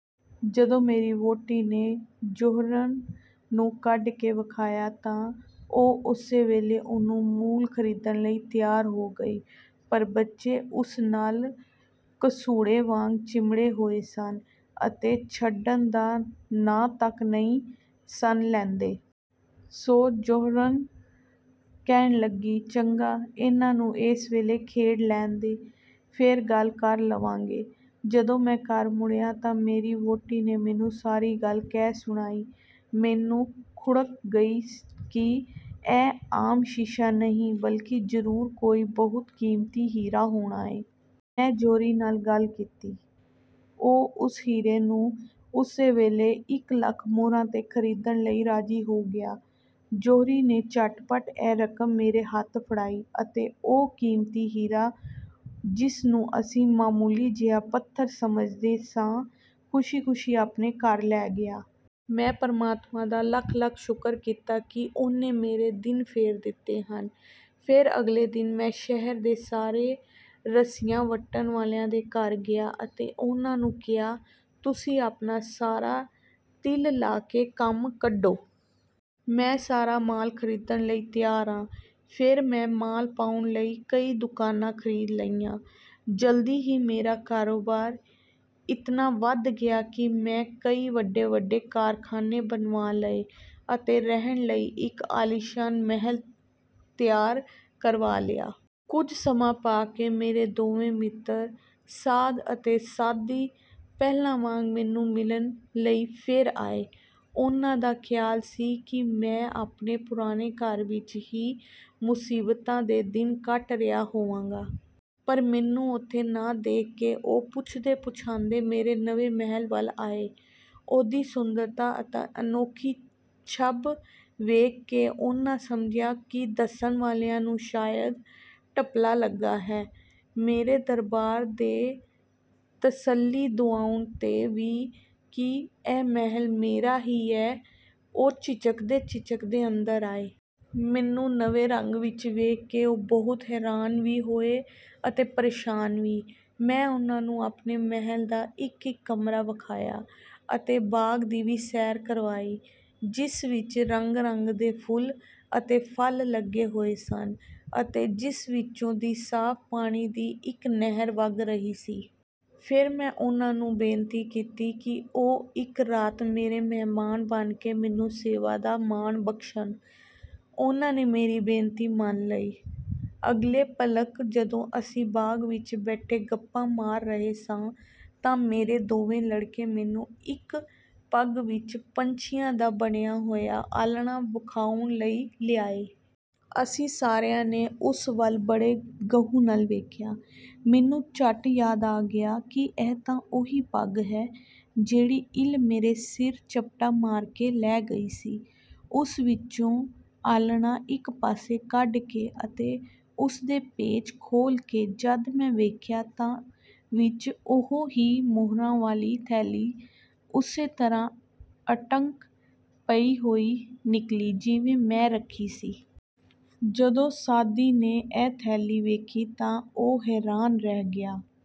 ਜਦੋਂ ਮੇਰੀ ਵਹੁਟੀ ਨੇ ਜੌਹਰਣ ਨੂੰ ਕੱਢ ਕੇ ਵਿਖਾਇਆਂ ਤਾਂ ਉਹ ਉਸੇ ਵੇਲੇ ਉਹਨੂੰ ਮੁਲ ਖ਼ਰੀਦਣ ਲਈ ਤਿਆਰ ਹੋ ਗਈ। ਪਰ ਬੱਚੇ ਉਸ ਨਾਲ ਲਸੂੜੇ ਵਾਂਙ ਚਿਮੜੇ ਹੋਏ ਸਨ ਅਤੇ ਛੱਡਣ ਦਾ ਨਾਂ ਤੱਕ ਨਹੀਂ ਸਨ ਲੈਂਦੇ। ਸੋ ਜੌਹਰਣ ਕਹਿਣ ਲੱਗੀ, "ਚੰਗਾ, ਇਹਨਾਂ ਨੂੰ ਇਸ ਵੇਲੇ ਖੇਡ ਲੈਣ ਦੇ। ਫੇਰ ਗੱਲ ਕਰ ਲਵਾਂਗੇ। " ਜਦੋਂ ਮੈਂ ਘਰ ਮੁੜਿਆ ਤਾਂ ਮੇਰੀ ਵਹੁਟੀ ਨੇ ਮੈਨੂੰ ਸਾਰੀ ਗੱਲ ਕਹਿ ਸੁਣਾਈ। ਮੈਨੂੰ ਖੁੜਕ ਗਈ ਕਿ ਇਹ ਆਮ ਸ਼ੀਸ਼ਾ ਨਹੀਂ ਬਲਕਿ ਜ਼ਰੂਰ ਕੋਈ ਬਹੁਤ ਕੀਮਤੀ ਹੀਰਾ ਹੋਣਾ ਏ। ਮੈਂ ਜੌਹਰੀ ਨਾਲ ਗੱਲ ਕੀਤੀ। ਉਹ ਉਸ ਹੀਰੇ ਨੂੰ ਉਸੇ ਵੇਲੇ ਇਕ ਲੱਖ ਮੁਹਰਾਂ ਤੇ ਖ਼ਰੀਦਣ ਲਈ ਰਾਜ਼ੀ ਹੋ ਗਿਆ। ਜੌਹਰੀ ਨੇ ਝਟ ਪਟ ਇਹ ਰਕਮ ਮੇਰੇ ਹੱਥ ਫੜਾਈ ਅਤੇ ਉਹ ਕੀਮਤੀ ਹੀਰਾ ਜਿਸ ਨੂੰ ਅਸੀਂ ਮਾਮੂਲੀ ਜਿਹਾ ਪੱਥਰ ਸਮਝਦੇ ਸਾਂ, ਖੁਸ਼ੀ ਖੁਸ਼ੀ ਆਪਣੇ ਘਰ ਲੈ ਗਿਆ। ਮੈਂ ਪਰਮਾਤਮਾ ਦਾ ਲੱਖ ਲੱਖ ਸ਼ੁਕਰ ਕੀਤਾ ਕਿ ਉਹਨੇ ਮੇਰੇ ਦਿਨ ਫੇਰ ਦਿੱਤੇ ਹਨ। ਫੇਰ ਅਗਲੇ ਦਿਨ ਮੈਂ ਸ਼ਹਿਰ ਦੇ ਸਾਰੇ ਰੱਸੀਆਂ ਵੱਟਣ ਵਾਲਿਆਂ ਦੇ ਘਰ ਗਿਆ ਅਤੇ ਉਹਨਾਂ ਨੂੰ ਕਿਹਾ, 'ਤੁਸੀਂ ਆਪਣਾ ਸਾਰਾ ਟਿੱਲ ਲਾ ਕੇ ਕੰਮ ਕੱਢੋ। ਮੈਂ ਸਾਰਾ ਮਾਲ ਖ਼ਰੀਦਣ ਲਈ ਤਿਆਰ ਆਂ। ਫੇਰ ਮੈਂ ਮਾਲ ਪਾਉਣ ਲਈ ਕਈ ਦੁਕਾਨਾਂ ਖ਼ਰੀਦ ਲਈਆਂ। ਜਲਦੀ ਹੀ ਮੇਰਾ ਕਾਰੋਬਾਰ ਇਤਨਾ ਵੱਧ ਗਿਆ ਕਿ ਮੈਂ ਕਈ ਵੱਡੇ ਵੱਡੇ ਕਾਰਖ਼ਾਨੇ ਬਣਵਾ ਲਏ ਅਤੇ ਰਹਿਣ ਲਈ ਇਕ ਆਲੀਸ਼ਾਨ ਮਹੱਲ ਤਿਆਰ ਕਰਵਾ ਲਿਆ। ਕੁਝ ਸਮਾਂ ਪਾ ਕੇ ਮੇਰੇ ਦੋਵੇਂ ਮਿੱਤਰ, ਸਾਅਦ ਤੇ ਸਾਅਦੀ, ਪਹਿਲਾਂ ਵਾਂਙ ਮੈਨੂੰ ਮਿਲਣ ਲਈ ਫੇਰ ਆਏ। ਉਹਨਾਂ ਦਾ ਖ਼ਿਆਲ ਸੀ ਕਿ ਮੈਂ ਆਪਣੇ ਪੁਰਾਣੇ ਘਰ ਵਿਚ ਹੀ ਮੁਸੀਬਤਾਂ ਦੇ ਦਿਨ ਕੱਟ ਰਿਹਾ ਹੋਵਾਂਗਾ। ਪਰ ਮੈਨੂੰ ਉੱਥੇ ਨਾ ਵੇਖ ਕੇ ਉਹ ਪੁੱਛਦੇ ਪੁੱਛਾਂਦੇ ਮੇਰੇ ਨਵੇਂ ਮਹੱਲ ਵੱਲ ਆਏ। ਉਹਦੀ ਸੁੰਦਰਤਾ ਅਤੇ ਅਨੋਖੀ ਛੱਬ ਵੇਖ ਕੇ ਉਹਨਾਂ ਸਮਝਿਆ ਕਿ ਦੱਸਣ ਵਾਲਿਆਂ ਨੂੰ ਸ਼ਾਇਦ ਟੱਪਲਾ ਲੱਗਾ ਹੈ। ਮੇਰੇ ਦਰਬਾਨ ਦੇ ਤਸੱਲੀ ਦਿਵਾਉਣ ਤੇ ਵੀ ਕਿ ਇਹ ਮਹੱਲ ਮੇਰਾ ਹੀ ਹੈ, ਉਹ ਝਿਜਕਦੇ ਝਿਜਕਦੇ ਅੰਦਰ ਆਏ। ਮੈਨੂੰ ਨਵੇਂ ਰੰਗ ਵਿਚ ਵੇਖ ਕੇ ਉਹ ਬਹੁਤ ਹੈਰਾਨ ਵੀ ਹੋਏ ਅਤੇ ਪਰੇਸ਼ਾਨ ਵੀ। ਮੈਂ ਉਹਨਾਂ ਨੂੰ ਆਪਣੇ ਮਹੱਲ ਦਾ ਇਕ ਇਕ ਕਮਰਾ ਵਿਖਾਇਆ ਅਤੇ ਬਾਗ਼ ਦੀ ਵੀ ਸੈਰ ਕਰਵਾਈ, ਜਿਸ ਵਿਚ ਰੰਗ ਰੰਗ ਦੇ ਫੁੱਲ ਅਤੇ ਫਲ ਲੱਗੇ ਹੋਏ ਸਨ ਅਤੇ ਜਿਸ ਵਿੱਚੋਂ ਦੀ ਸਾਫ਼ ਪਾਣੀ ਦੀ ਇਕ ਨਹਿਰ ਵੱਗ ਰਹੀ ਸੀ। ਫੇਰ ਮੈਂ ਉਹਨਾਂ ਨੂੰ ਬੇਨਤੀ ਕੀਤੀ ਕਿ ਉਹ ਇਕ ਰਾਤ ਮੇਰੇ ਮਹਿਮਾਨ ਬਣ ਕੇ ਮੈਨੂੰ ਸੇਵਾ ਦਾ ਮਾਣ ਬਖ਼ਸ਼ਣ। ਉਹਨਾਂ ਨੇ ਮੇਰੀ ਬੇਨਤੀ ਮੰਨ ਲਈ। ਅਗਲੇ ਭਲਕ ਜਦੋਂ ਅਸੀਂ ਬਾਗ ਵਿਚ ਬੈਠੇ ਗੱਪਾਂ ਮਾਰ ਰਹੇ ਸਾਂ ਤਾਂ ਮੇਰੇ ਦੋਵੇਂ ਲੜਕੇ ਮੈਨੂੰ ਇਕ ਪੱਗ ਵਿਚ ਪੰਛੀਆਂ ਦਾ ਬਣਿਆ ਹੋਇਆ ਆਲਣਾ ਵਿਖਾਉਣ ਲਈ ਲਿਆਏ। ਅਸੀਂ ਸਾਰਿਆਂ ਨੇ ਉਸ ਵਲ ਬੜੇ ਗਹੁ ਨਾਲ ਵੇਖਿਆ। ਮੈਨੂੰ ਝੱਟ ਯਾਦ ਆ ਗਿਆ ਕਿ ਇਹ ਤਾਂ ਉਹ ਹੀ ਪੱਗ ਹੈ ਜਿਹੜੀ ਇੱਲ ਮੇਰੇ ਸਿਰ ਝਪਟਾ ਮਾਰ ਕੇ ਲੈ ਗਈ ਸੀ। ਉਸ ਵਿਚੋਂ ਆਲ੍ਹਣਾ ਇਕ ਪਾਸੇ ਕੱਢ ਕੇ ਅਤੇ ਉਸ ਦੇ ਪੇਚ ਖੋਲ ਕੇ ਜਦ ਮੈਂ ਵੇਖਿਆ ਤਾਂ ਵਿਚ ਉਹੋ ਹੀ ਮੁਹਰਾਂ ਵਾਲੀ ਥੈਲੀ ਉਸੇ ਤਰ੍ਹਾਂ ਅਟੰਕ ਪਈ ਹੋਈ ਨਿਕਲੀ ਜਿਵੇਂ ਮੈਂ ਰੱਖੀ ਸੀ। ਜਦੋਂ ਸਾਅਦੀ ਨੇ ਇਹ ਥੈਲੀ ਵੇਖੀ ਤਾਂ ਉਹ ਹੈਰਾਨ ਰਹਿ ਗਿਆ।